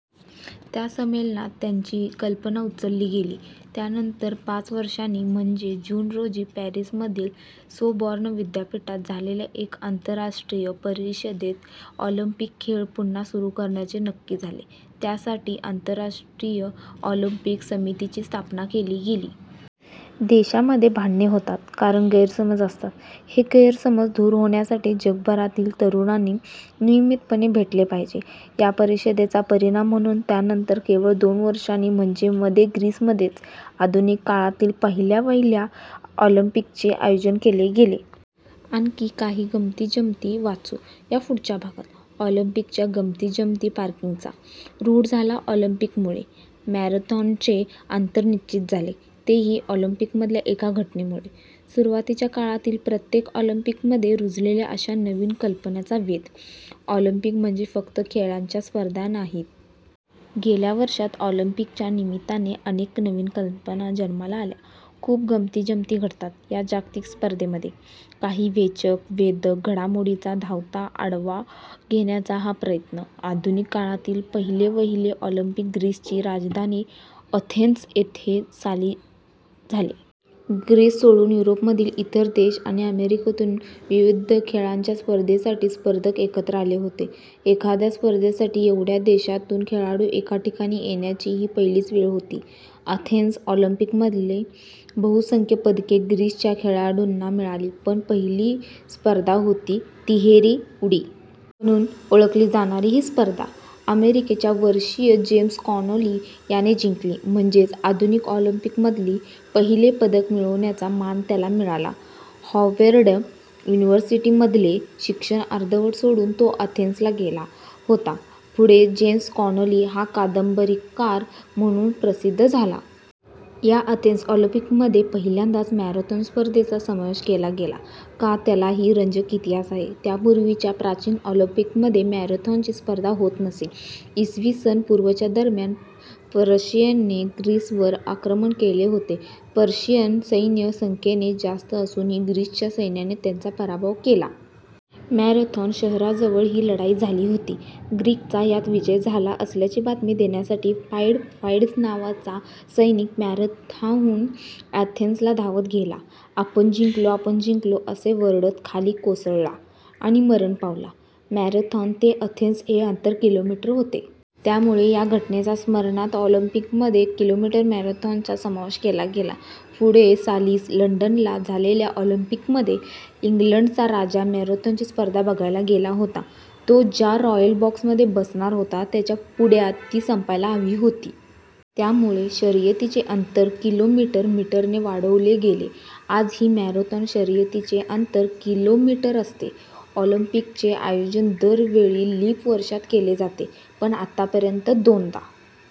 त्या संमेलनात त्याची कल्पना उचलली गेली. त्यानंतर पाच वर्षांनी म्हणजे जून रोजी पॅरिसमधील सोर्बोन विद्यापीठात झालेल्या एका आंतरराष्ट्रीय परिषदेत ऑलिम्पिक खेळ पुन्हा सुरू करण्याचे नक्की झाले. त्यासाठी आंतरराष्ट्रीय ऑलिम्पिक समितीची स्थापना केली गेली. देशांमध्ये भांडणे होतात, कारण गैरसमज असतात. हे गैरसमज दूर होण्यासाठी जगभरातील तरुणांनी नियमितपणे भेटले पाहिजे! या परिषदेचा परिणाम म्हणून त्यानंतर केवळ दोन वर्षांनी म्हणजे मध्ये ग्रीसमध्येच आधुनिक काळातील पहिल्यावहिल्या ऑलिम्पिकचे आयोजन केले गेले. आणखी काही गमतीजमती वाचू या पुढच्या भागात. ऑलिम्पिकच्या गमतीजमतीपार्किंगचा '' रूढ झाला ऑलिम्पिकमुळे. मॅरेथॉनचे अंतर निश्चित झाले तेही ऑलिम्पिकमधल्या एका घटनेमुळे. सुरुवातीच्या काळातील प्रत्येक ऑलिम्पिकमध्ये रुजलेल्या अशा नवीन कल्पनांचा वेध... ऑलिम्पिक म्हणजे फक्त खेळांच्या स्पर्धा नाहीत. गेल्या वर्षांत, ऑलिम्पिकच्या निमित्ताने अनेक नवीन कल्पना जन्माला आल्या. खूप गमती-जमती घडतात या जागतिक स्पर्धांमध्ये! काही वेचक, वेधक घडामोडींचा धावता आढावा घेण्याचा हा प्रयत्न- आधुनिक काळातील पहिले-वहिले ऑलिम्पिक ग्रीसची राजधानी अथेन्स येथे साली झाले. ग्रीस सोडून युरोपमधील इतर देश आणि अमेरिकेतून विविध खेळांच्या स्पर्धेसाठी स्पर्धक एकत्र आले होते. एखाद्या स्पर्धेसाठी एवढ्या देशांतून खेळाडू एका ठिकाणी येण्याची ही पहिलीच वेळ होती. अथेन्स ऑलिम्पिकमधली बहुसंख्य पदके ग्रीसच्या खेळाडूंना मिळाली, पण पहिली स्पर्धा होती, तिहेरी उडी. -- म्हणून ओळखली जाणारी ही स्पर्धा अमेरिकेच्या वर्षीय जेम्स कॉनोली याने जिंकली. म्हणजेच, आधुनिक ऑलिम्पिकमधील पहिले पदक मिळवण्याचा मान त्याला मिळाला. हॉवर्ड युनिव्हर्सिटीमधले शिक्षण अर्धवट सोडून तो अथेन्सला गेला होता. पुढे जेम्स कॉनोली हा कादंबरीकार म्हणून प्रसिद्ध झाला. या अथेन्स ऑलिम्पिकमध्ये पहिल्यांदाच मॅरेथॉन स्पर्धेचा समावेश केला गेला. का, त्यालाही रंजक इतिहास आहे. त्यापूर्वीच्या प्राचीन ऑलिम्पिकमध्ये मॅरेथॉनची स्पर्धा होत नसे. इ. स. पूर्व च्या दरम्यान पर्शियाने ग्रीसवर आक्रमण केले होते. पर्शियन सैन्य संख्येने जास्त असूनही ग्रीसच्या सैन्याने त्यांचा पराभव केला. मॅरेथॉन शहराजवळ ही लढाई झाली होती. ग्रीकांचा यात विजय झाला असल्याची बातमी देण्यासाठी फाइडपाइड्स नावाचा सैनिक मॅरेथॉनहून अथेन्सला धावत गेला. 'आपण जिंकलो, आपण जिंकलो' असे ओरडत खाली कोसळला आणि मरण पावला. मॅरेथॉन ते अथेन्स हे अंतर किलोमीटर होते. त्यामुळे या घटनेच्या स्मरणार्थ ऑलिम्पिकमध्ये किलोमीटर मॅरेथॉनचा समावेश केला गेला. पुढे साली लंडनला झालेल्या ऑलिम्पिकमध्ये इंग्लंडचा राजा मॅरेथॉनची स्पर्धा बघायला गेला होता. तो ज्या रॉयल बॉक्समध्ये बसणार होता, त्याच्या पुढ्यात ती संपायला हवी होती. त्यामुळे शर्यतीचे अंतर किलोमीटर मीटरने वाढवले गेले. आजही मॅरेथॉन शर्यतीचे अंतर किलोमीटर असते. ऑलिम्पिकचे आयोजन दर वेळी लीप वर्षात केले जाते. पण आत्तापर्यंत दोनदा